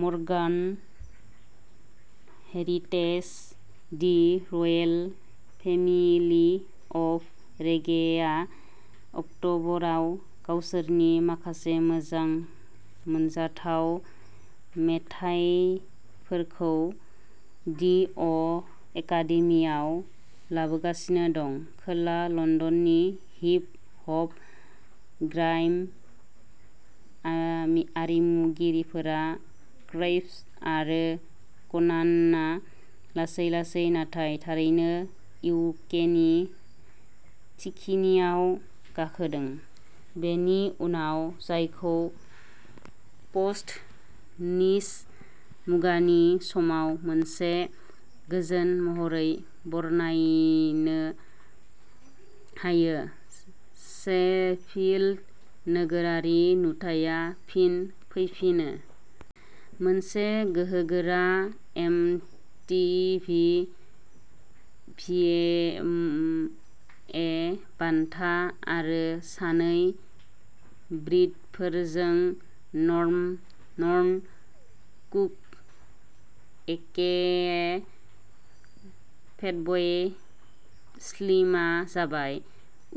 Morgan Heritage, the Royal Family of रेगेआ, अक्टबराव गावसोरनि माखासे मोजां मोनथावना मेथाइफोरखौ दि अ एकादेमिआव लाबोगासिनो दं। खोला लन्दननि हिप-हप/ग्राइम आरिमुगिरिफोरा क्रेप्ट आरो क'नानआ लासै लासै नाथाय थारैनो इउकेनि थिखिनियाव गाखोदों। बेनि उनाव जायखौ पोस्ट-निच मुगानि समाव मोनसे गोजोन महरै बरनायनो हायो, शेफिल्ड नोगोरारि नुथाया फिन फैफिनो। मोनसे गोहोगोरा एमटिभि भिएमए बान्था आरो सानै ब्रिटफोरजों, नर्मन कुक एकेए फेटब'य स्लिमआ जाबाय।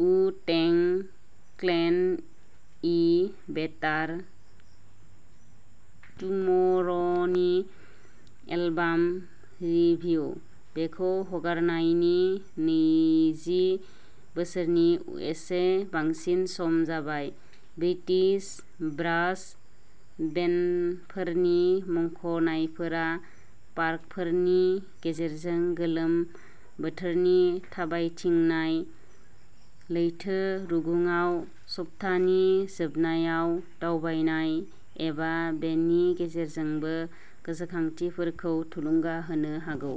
उ-टें क्लेन-ए बेटार टुम'रनि एलबाम रिभिउ। बेखौ हगारनायनि नैजि बोसोरनि एसे बांसिन सम जाबाय। ब्रिटिश ब्रास बेन्डफोरनि मुंख'नायफोरा पार्कफोरनि गेजेरजों गोलोम बोथोरनि थाबायथिंनाय, लैथो रुगुंआव सप्तानि जोबनायाव दावबायनाय, एबा बेनि गेजेरजोंबो गोसोखांथिफोरखौ थुलुंगा होनो हागौ।